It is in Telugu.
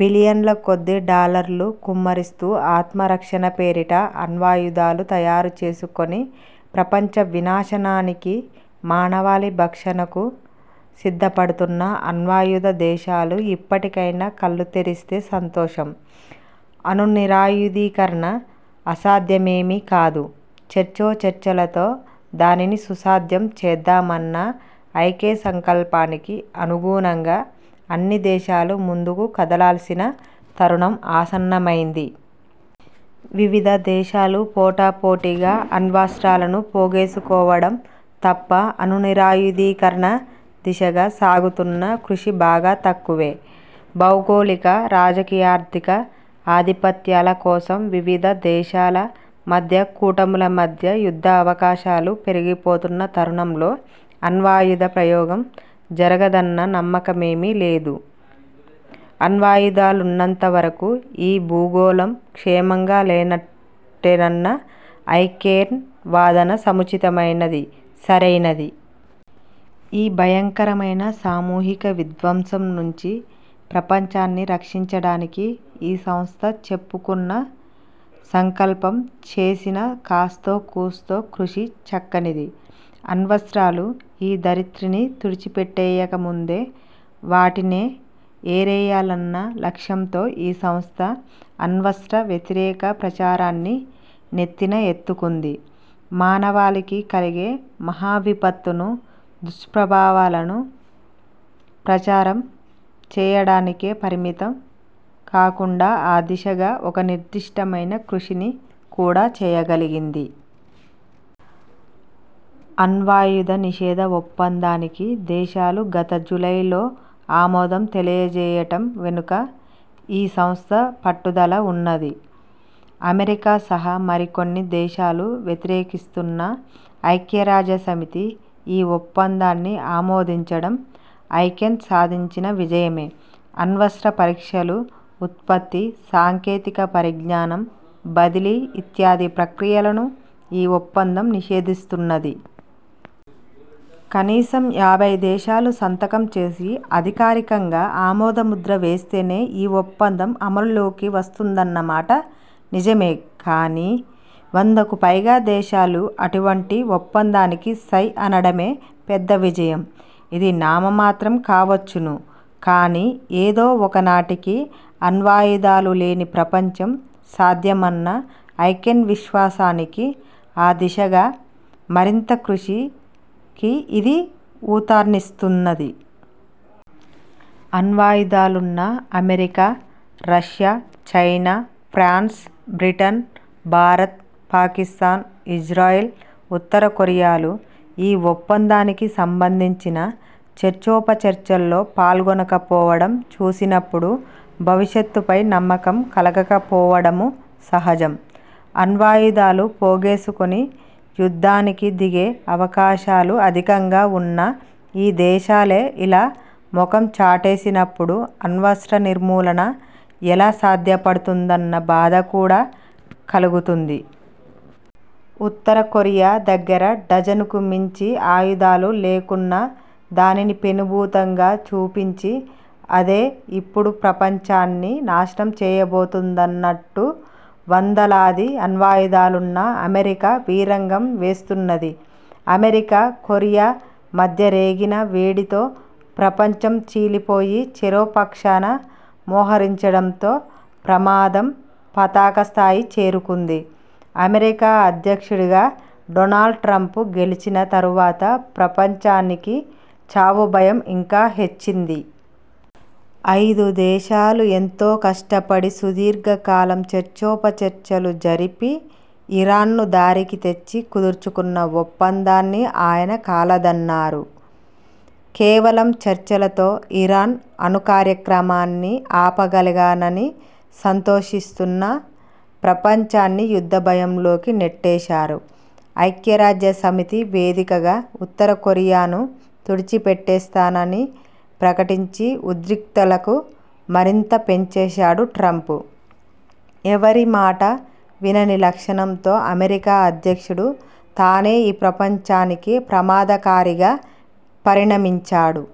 బిలియన్ల కొద్దీ డాలర్లు కుమ్మరిస్తూ ఆత్మరక్షణ పేరిట అణ్వాయుధాలు తయారుచేసుకుని, ప్రపంచ వినాశనానికీ, మానవాళి భక్షణకూ సిద్ధపడుతున్న అణ్వాయుధ దేశాలు ఇప్పటికైనా కళ్లు తెరిస్తే సంతోషం. అణునిరాయుధీకరణ అసాధ్యమేమీ కాదు, చర్చోచర్చలతో దానిని సుసాధ్యం చేద్దామన్న ఐ కెన్ సంకల్పానికి అనుగుణంగా అన్ని దేశాలూ ముందుకు కదలాల్సిన తరుణం ఆసన్నమైంది. వివిధ దేశాలు పోటాపోటీగా అణ్వస్త్రాలను పోగేసుకోవడం తప్ప, అణునిరాయుధీకరణ దిశగా సాగుతున్న కృషి బాగా తక్కువే. భౌగోళిక, రాజకీయార్థిక ఆధిపత్యాల కోసం వివిధ దేశాల మధ్య, కూటముల మధ్య యుద్ధావకాశాలు పెరిగిపోతున్న తరుణంలో అణ్వాయుధ ప్రయోగం జరగదన్న నమ్మకమేమీ లేదు. అణ్వాయుధాలున్నంత వరకూ ఈ భూగోళం క్షేమంగా లేనట్టేనన్న ఐ కెన్ వాదన సముచితమైనది, సరైనది. ఈ భయంకరమైన, సామూహిక విధ్వంసం నుంచి ప్రపంచాన్ని రక్షించడానికి ఈ సంస్థ చెప్పుకున్న సంకల్పం, చేసిన కాస్తోకూస్తో కృషి చక్కనిది. అణ్వస్త్రాలు ఈ ధరిత్రిని తుడిచిపెట్టేయకముందే, వాటినే ఏరేయాలన్న లక్ష్యంతో ఈ సంస్థ అణ్వస్త్రవ్యతిరేక ప్రచారాన్ని నెత్తిన ఎత్తుకుంది. మానవాళికి కలిగే మహావిపత్తును, దుష్ప్రభావాలను ప్రచారం చేయడానికే పరిమితం కాకుండా ఆ దిశగా ఒక నిర్దిష్టమైన కృషిని కూడా చేయగలిగింది. అణ్వాయుధ నిషేధ ఒప్పందానికి దేశాలు గత జూలైలో ఆమోదం తెలియచేయడం వెనుక ఈ సంస్థ పట్టుదల ఉన్నది. అమెరికా సహా మరికొన్ని దేశాలు వ్యతిరేకిస్తున్నా ఐక్యరాజ్యసమితి ఈ ఒప్పందాన్ని ఆమోదించడం ఐకెన్ సాధించిన విజయమే. అణ్వస్త్ర పరీక్షలు, ఉత్పత్తి, సాంకేతిక పరిజ్ఞానం బదిలీ ఇత్యాది ప్రక్రియలను ఈ ఒప్పందం నిషేధిస్తున్నది. కనీసం యాభై దేశాలు సంతకాలు చేసి, అధికారికంగా ఆమోదముద్ర వేస్తేనే ఈ ఒప్పందం అమలులోకి వస్తుందన్నమాట నిజమే కానీ, వందకుపైగా దేశాలు అటువంటి ఒప్పందానికి సై అనడమే పెద్ద విజయం. ఇది నామమాత్రం కావచ్చును కానీ, ఏదో ఒక నాటికి అణ్వాయుధాలు లేని ప్రపంచం సాధ్యమన్న ఐ కెన్ విశ్వాసానికీ, ఆ దిశగా మరింత కృషికీ ఇది ఊతాన్నిస్తున్నది. అణ్వాయుధాలున్న America, Russia, China, France, Britain, Bharat, Pakistan, Israel, ఉత్తరకొరియాలు ఈ ఒప్పందానికి సంబంధించిన చర్చోపచర్చల్లో పాల్గొనకపోవడం చూసినప్పుడు భవిష్యత్తుపై నమ్మకం కలగకపోవడమూ సహజం. అణ్వాయుధాలు పోగేసుకొని, యుద్ధానికి దిగే అవకాశాలు అధికంగా ఉన్న ఈ దేశాలే ఇలా మొఖం చాటేసినప్పుడు అణ్వస్త్ర నిర్మూలన ఎలా సాధ్యపడుతుందన్న బాధ కూడా కలుగుతుంది. ఉత్తరకొరియా దగ్గర డజనుకు మించి ఆయుధాలు లేకున్నా దానిని పెనుభూతంగా చూపించి, అదే ఇప్పుడు ప్రపంచాన్ని నాశనం చేయబోతున్నదంటూ వందలాది అణ్వాయుధాలున్న అమెరికా వీరంగం వేస్తున్నది. అమెరికా, కొరియా మధ్య రేగిన వేడితో ప్రపంచం చీలిపోయి చెరోపక్షాన మోహరించడంతో ప్రమాదం పతాకస్థాయికి చేరుకుంది. అమెరికా అధ్యక్షుడిగా డొనాల్డ్ట్రంప్ గెలిచిన తరువాత ప్రపంచానికి చావుభయం ఇంకా హెచ్చింది. ఐదుదేశాలు ఎంతో కష్టపడి, సుదీర్ఘకాలం చర్చోచర్చలు జరిపి ఇరాన్ను దారికితెచ్చి కుదర్చుకున్న ఒప్పందాన్ని ఆయన కాలదన్నారు. కేవలం చర్చలతో ఇరాన్ అణుకార్యక్రమాన్ని ఆపగలిగానని సంతోషిస్తున్న ప్రపంచాన్ని యుద్ధభయంలోకి నెట్టేశారు. ఐక్యరాజ్యసమితి వేదికగా ఉత్తరకొరియాను తుడిచిపెట్టేస్తానని ప్రకటించి ఉద్రిక్తతలను మరింత పెంచేశాడు ట్రంప్. ఎవరిమాటా వినని లక్షణంతో అమెరికా అధ్యక్షుడు తానే ఈ ప్రపంచానికి ప్రమాదకారిగా పరిణమించాడు.